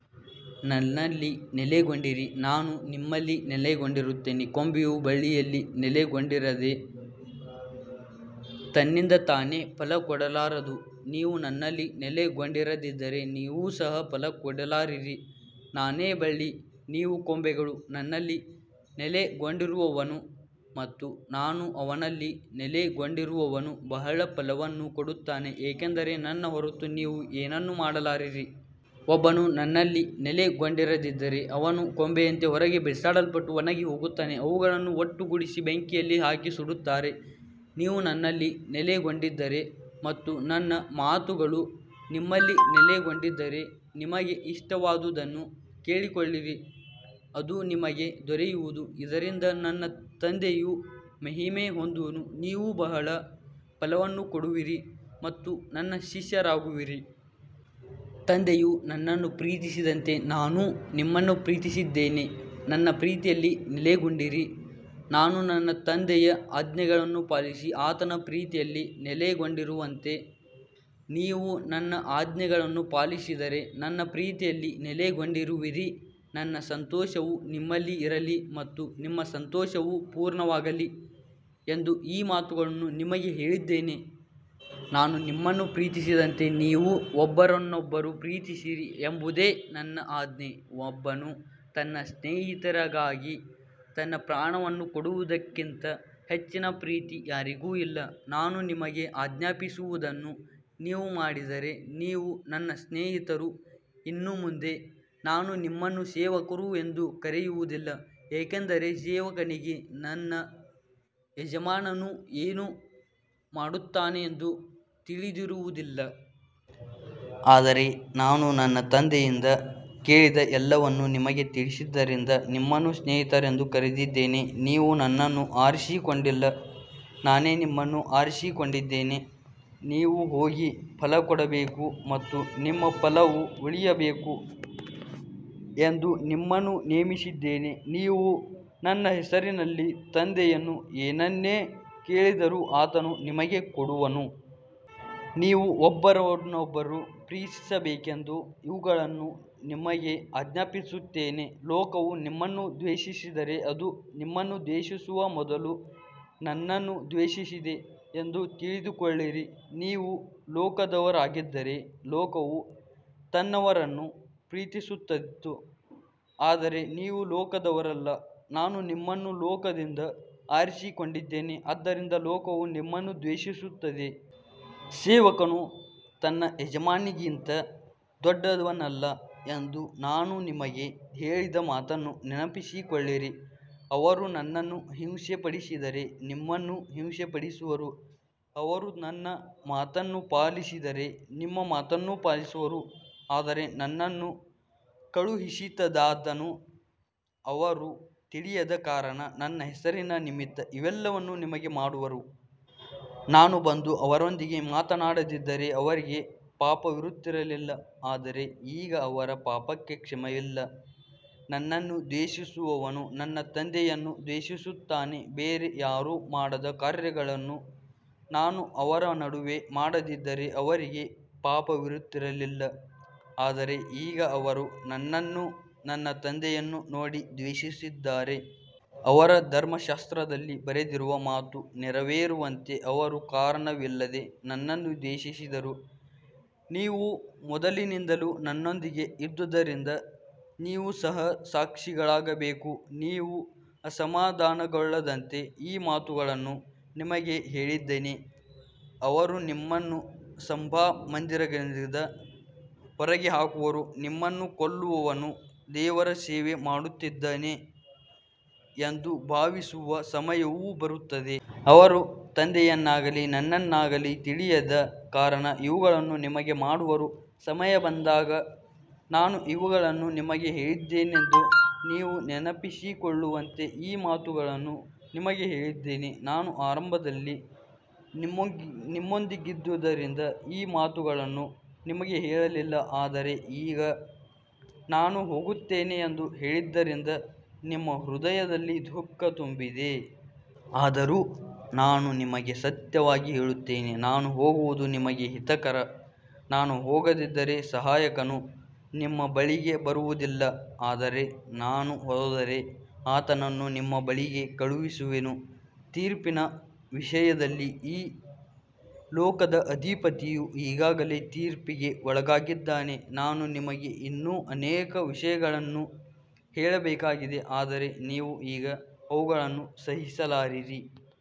ನನ್ನಲ್ಲಿ ನೆಲೆಗೊಂಡಿರಿ, ನಾನೂ ನಿಮ್ಮಲ್ಲಿ ನೆಲೆಗೊಂಡಿರುತ್ತೇನೆ. ಕೊಂಬೆಯು ಬಳ್ಳಿಯಲ್ಲಿ ನೆಲೆಗೊಂಡಿರದೆ ತನ್ನಿಂದ ತಾನೇ ಫಲಕೊಡಲಾರದು. ನೀವು ನನ್ನಲ್ಲಿ ನೆಲೆಗೊಂಡಿರದಿದ್ದರೆ ನೀವು ಸಹ ಫಲಕೊಡಲಾರಿರಿ. ನಾನೇ ಬಳ್ಳಿ, ನೀವು ಕೊಂಬೆಗಳು. ನನ್ನಲ್ಲಿ ನೆಲೆಗೊಂಡಿರುವವನು ಮತ್ತು ನಾನು ಅವನಲ್ಲಿ ನೆಲೆಗೊಂಡಿರುವವನು ಬಹಳ ಫಲವನ್ನು ಕೊಡುತ್ತಾನೆ, ಏಕೆಂದರೆ ನನ್ನ ಹೊರತು ನೀವು ಏನನ್ನೂ ಮಾಡಲಾರಿರಿ. ಒಬ್ಬನು ನನ್ನಲ್ಲಿ ನೆಲೆಗೊಂಡಿರದಿದ್ದರೆ ಅವನು ಕೊಂಬೆಯಂತೆ ಹೊರಗೆ ಬಿಸಾಡಲ್ಪಟ್ಟು ಒಣಗಿಹೋಗುತ್ತಾನೆ. ಅವುಗಳನ್ನು ಒಟ್ಟುಗೂಡಿಸಿ ಬೆಂಕಿಯಲ್ಲಿ ಹಾಕಿ ಸುಡುತ್ತಾರೆ. ನೀವು ನನ್ನಲ್ಲಿ ನೆಲೆಗೊಂಡಿದ್ದರೆ ಮತ್ತು ನನ್ನ ಮಾತುಗಳು ನಿಮ್ಮಲ್ಲಿ ನೆಲೆಗೊಂಡಿದ್ದರೆ ನಿಮಗೆ ಇಷ್ಟವಾದದ್ದನ್ನು ಕೇಳಿಕೊಳ್ಳಿರಿ, ಅದು ನಿಮಗೆ ದೊರೆಯುವುದು. ಇದರಿಂದ ನನ್ನ ತಂದೆಯು ಮಹಿಮೆ ಹೊಂದುವನು, ನೀವು ಬಹಳ ಫಲವನ್ನು ಕೊಡುವಿರಿ ಮತ್ತು ನನ್ನ ಶಿಷ್ಯರಾಗುವಿರಿ. ತಂದೆಯು ನನ್ನನ್ನು ಪ್ರೀತಿಸಿದಂತೆ ನಾನೂ ನಿಮ್ಮನ್ನು ಪ್ರೀತಿಸಿದ್ದೇನೆ. ನನ್ನ ಪ್ರೀತಿಯಲ್ಲಿ ನೆಲೆಗೊಂಡಿರಿ. ನಾನು ನನ್ನ ತಂದೆಯ ಆಜ್ಞೆಗಳನ್ನು ಪಾಲಿಸಿ ಆತನ ಪ್ರೀತಿಯಲ್ಲಿ ನೆಲೆಗೊಂಡಿರುವಂತೆ, ನೀವು ನನ್ನ ಆಜ್ಞೆಗಳನ್ನು ಪಾಲಿಸಿದರೆ ನನ್ನ ಪ್ರೀತಿಯಲ್ಲಿ ನೆಲೆಗೊಂಡಿರುವಿರಿ. ನನ್ನ ಸಂತೋಷವು ನಿಮ್ಮಲ್ಲಿ ಇರಲಿ ಮತ್ತು ನಿಮ್ಮ ಸಂತೋಷವು ಪೂರ್ಣವಾಗಲಿ ಎಂದು ಈ ಮಾತುಗಳನ್ನು ನಿಮಗೆ ಹೇಳಿದ್ದೇನೆ. ನಾನು ನಿಮ್ಮನ್ನು ಪ್ರೀತಿಸಿದಂತೆ ನೀವೂ ಒಬ್ಬರನ್ನೊಬ್ಬರು ಪ್ರೀತಿಸಿರಿ ಎಂಬುದೇ ನನ್ನ ಆಜ್ಞೆ. ಒಬ್ಬನು ತನ್ನ ಸ್ನೇಹಿತರಿಗಾಗಿ ತನ್ನ ಪ್ರಾಣವನ್ನು ಕೊಡುವುದಕ್ಕಿಂತ ಹೆಚ್ಚಿನ ಪ್ರೀತಿ ಯಾರಿಗೂ ಇಲ್ಲ. ನಾನು ನಿಮಗೆ ಆಜ್ಞಾಪಿಸುವುದನ್ನು ನೀವು ಮಾಡಿದರೆ ನೀವು ನನ್ನ ಸ್ನೇಹಿತರು. ಇನ್ನು ಮುಂದೆ ನಾನು ನಿಮ್ಮನ್ನು ಸೇವಕರು ಎಂದು ಕರೆಯುವುದಿಲ್ಲ, ಏಕೆಂದರೆ ಸೇವಕನಿಗೆ ತನ್ನ ಯಜಮಾನನು ಏನು ಮಾಡುತ್ತಾನೆಂದು ತಿಳಿದಿರುವುದಿಲ್ಲ. ಆದರೆ ನಾನು ನನ್ನ ತಂದೆಯಿಂದ ಕೇಳಿದ ಎಲ್ಲವನ್ನೂ ನಿಮಗೆ ತಿಳಿಸಿದ್ದರಿಂದ ನಿಮ್ಮನ್ನು ಸ್ನೇಹಿತರೆಂದು ಕರೆದಿದ್ದೇನೆ. ನೀವು ನನ್ನನ್ನು ಆರಿಸಿಕೊಂಡಿಲ್ಲ, ನಾನೇ ನಿಮ್ಮನ್ನು ಆರಿಸಿಕೊಂಡಿದ್ದೇನೆ. ನೀವು ಹೋಗಿ ಫಲಕೊಡಬೇಕು ಮತ್ತು ನಿಮ್ಮ ಫಲವು ಉಳಿಯಬೇಕು ಎಂದು ನಿಮ್ಮನ್ನು ನೇಮಿಸಿದ್ದೇನೆ. ನೀವು ನನ್ನ ಹೆಸರಿನಲ್ಲಿ ತಂದೆಯನ್ನು ಏನನ್ನೇ ಕೇಳಿದರೂ ಆತನು ನಿಮಗೆ ಕೊಡುವನು. ನೀವು ಒಬ್ಬರನ್ನೊಬ್ಬರು ಪ್ರೀತಿಸಬೇಕೆಂದು ಇವುಗಳನ್ನು ನಿಮಗೆ ಆಜ್ಞಾಪಿಸುತ್ತೇನೆ. ಲೋಕವು ನಿಮ್ಮನ್ನು ದ್ವೇಷಿಸಿದರೆ, ಅದು ನಿಮ್ಮನ್ನು ದ್ವೇಷಿಸುವ ಮೊದಲು ನನ್ನನ್ನು ದ್ವೇಷಿಸಿದೆ ಎಂದು ತಿಳಿದುಕೊಳ್ಳಿರಿ. ನೀವು ಲೋಕದವರಾಗಿದ್ದರೆ ಲೋಕವು ತನ್ನವರನ್ನು ಪ್ರೀತಿಸುತ್ತಿತ್ತು. ಆದರೆ ನೀವು ಲೋಕದವರಲ್ಲ, ನಾನು ನಿಮ್ಮನ್ನು ಲೋಕದಿಂದ ಆರಿಸಿಕೊಂಡಿದ್ದೇನೆ. ಆದ್ದರಿಂದ ಲೋಕವು ನಿಮ್ಮನ್ನು ದ್ವೇಷಿಸುತ್ತದೆ. ಸೇವಕನು ತನ್ನ ಯಜಮಾನನಿಗಿಂತ ದೊಡ್ಡವನಲ್ಲ ಎಂದು ನಾನು ನಿಮಗೆ ಹೇಳಿದ ಮಾತನ್ನು ನೆನಪಿಸಿಕೊಳ್ಳಿರಿ. ಅವರು ನನ್ನನ್ನು ಹಿಂಸೆಪಡಿಸಿದರೆ ನಿಮ್ಮನ್ನೂ ಹಿಂಸೆಪಡಿಸುವರು. ಅವರು ನನ್ನ ಮಾತನ್ನು ಪಾಲಿಸಿದರೆ ನಿಮ್ಮ ಮಾತನ್ನೂ ಪಾಲಿಸುವರು. ಆದರೆ ನನ್ನನ್ನು ಕಳುಹಿಸಿದಾತನನ್ನು ಅವರು ತಿಳಿಯದ ಕಾರಣ ನನ್ನ ಹೆಸರಿನ ನಿಮಿತ್ತ ಇವೆಲ್ಲವನ್ನೂ ನಿಮಗೆ ಮಾಡುವರು. ನಾನು ಬಂದು ಅವರೊಂದಿಗೆ ಮಾತನಾಡದಿದ್ದರೆ ಅವರಿಗೆ ಪಾಪವಿರುತ್ತಿರಲಿಲ್ಲ. ಆದರೆ ಈಗ ಅವರ ಪಾಪಕ್ಕೆ ಕ್ಷಮೆಯಿಲ್ಲ. ನನ್ನನ್ನು ದ್ವೇಷಿಸುವವನು ನನ್ನ ತಂದೆಯನ್ನೂ ದ್ವೇಷಿಸುತ್ತಾನೆ. ಬೇರೆ ಯಾರೂ ಮಾಡದ ಕಾರ್ಯಗಳನ್ನು ನಾನು ಅವರ ನಡುವೆ ಮಾಡದಿದ್ದರೆ ಅವರಿಗೆ ಪಾಪವಿರುತ್ತಿರಲಿಲ್ಲ. ಆದರೆ ಈಗ ಅವರು ನನ್ನನ್ನೂ ನನ್ನ ತಂದೆಯನ್ನೂ ನೋಡಿ ದ್ವೇಷಿಸಿದ್ದಾರೆ. ಅವರ ಧರ್ಮಶಾಸ್ತ್ರದಲ್ಲಿ ಬರೆದಿರುವ ಮಾತು ನೆರವೇರುವಂತೆ ಅವರು ಕಾರಣವಿಲ್ಲದೆ ನನ್ನನ್ನು ದ್ವೇಷಿಸಿದರು. ನೀವು ಮೊದಲಿನಿಂದಲೂ ನನ್ನೊಂದಿಗೆ ಇದ್ದುದರಿಂದ ನೀವು ಸಹ ಸಾಕ್ಷಿಗಳಾಗಬೇಕು. ನೀವು ಅಸಮಾಧಾನಗೊಳ್ಳದಂತೆ ಈ ಮಾತುಗಳನ್ನು ನಿಮಗೆ ಹೇಳಿದ್ದೇನೆ. ಅವರು ನಿಮ್ಮನ್ನು ಸಭಾಮಂದಿರಗಳಿಂದ ಹೊರಗೆ ಹಾಕುವರು. ನಿಮ್ಮನ್ನು ಕೊಲ್ಲುವವನು ದೇವರ ಸೇವೆ ಮಾಡುತ್ತಿದ್ದೇನೆ ಎಂದು ಭಾವಿಸುವ ಸಮಯವೂ ಬರುತ್ತದೆ. ಅವರು ತಂದೆಯನ್ನಾಗಲಿ ನನ್ನನ್ನಾಗಲಿ ತಿಳಿಯದ ಕಾರಣ ಇವುಗಳನ್ನು ನಿಮಗೆ ಮಾಡುವರು. ಸಮಯ ಬಂದಾಗ ನಾನು ಇವುಗಳನ್ನು ನಿಮಗೆ ಹೇಳಿದ್ದೆನೆಂದು ನೀವು ನೆನಪಿಸಿಕೊಳ್ಳುವಂತೆ ಈ ಮಾತುಗಳನ್ನು ನಿಮಗೆ ಹೇಳಿದ್ದೇನೆ. ನಾನು ಆರಂಭದಲ್ಲಿ ನಿಮ್ಮೊಂದಿಗಿದ್ದುದರಿಂದ ಈ ಮಾತುಗಳನ್ನು ನಿಮಗೆ ಹೇಳಲಿಲ್ಲ. ಆದರೆ ಈಗ ನಾನು ಹೋಗುತ್ತೇನೆ ಎಂದು ಹೇಳಿದ್ದರಿಂದ ನಿಮ್ಮ ಹೃದಯದಲ್ಲಿ ದುಃಖ ತುಂಬಿದೆ. ಆದರೂ ನಾನು ನಿಮಗೆ ಸತ್ಯವಾಗಿ ಹೇಳುತ್ತೇನೆ, ನಾನು ಹೋಗುವುದು ನಿಮಗೆ ಹಿತಕರ. ನಾನು ಹೋಗದಿದ್ದರೆ ಸಹಾಯಕನು ನಿಮ್ಮ ಬಳಿಗೆ ಬರುವುದಿಲ್ಲ. ಆದರೆ ನಾನು ಹೋದರೆ ಆತನನ್ನು ನಿಮ್ಮ ಬಳಿಗೆ ಕಳುಹಿಸುವೆನು. ತೀರ್ಪಿನ ವಿಷಯದಲ್ಲಿ ಈ ಲೋಕದ ಅಧಿಪತಿಯು ಈಗಾಗಲೇ ತೀರ್ಪಿಗೆ ಒಳಗಾಗಿದ್ದಾನೆ. ನಾನು ನಿಮಗೆ ಇನ್ನೂ ಅನೇಕ ವಿಷಯಗಳನ್ನು ಹೇಳಬೇಕಾಗಿದೆ, ಆದರೆ ನೀವು ಈಗ ಅವುಗಳನ್ನು ಸಹಿಸಲಾರಿರಿ.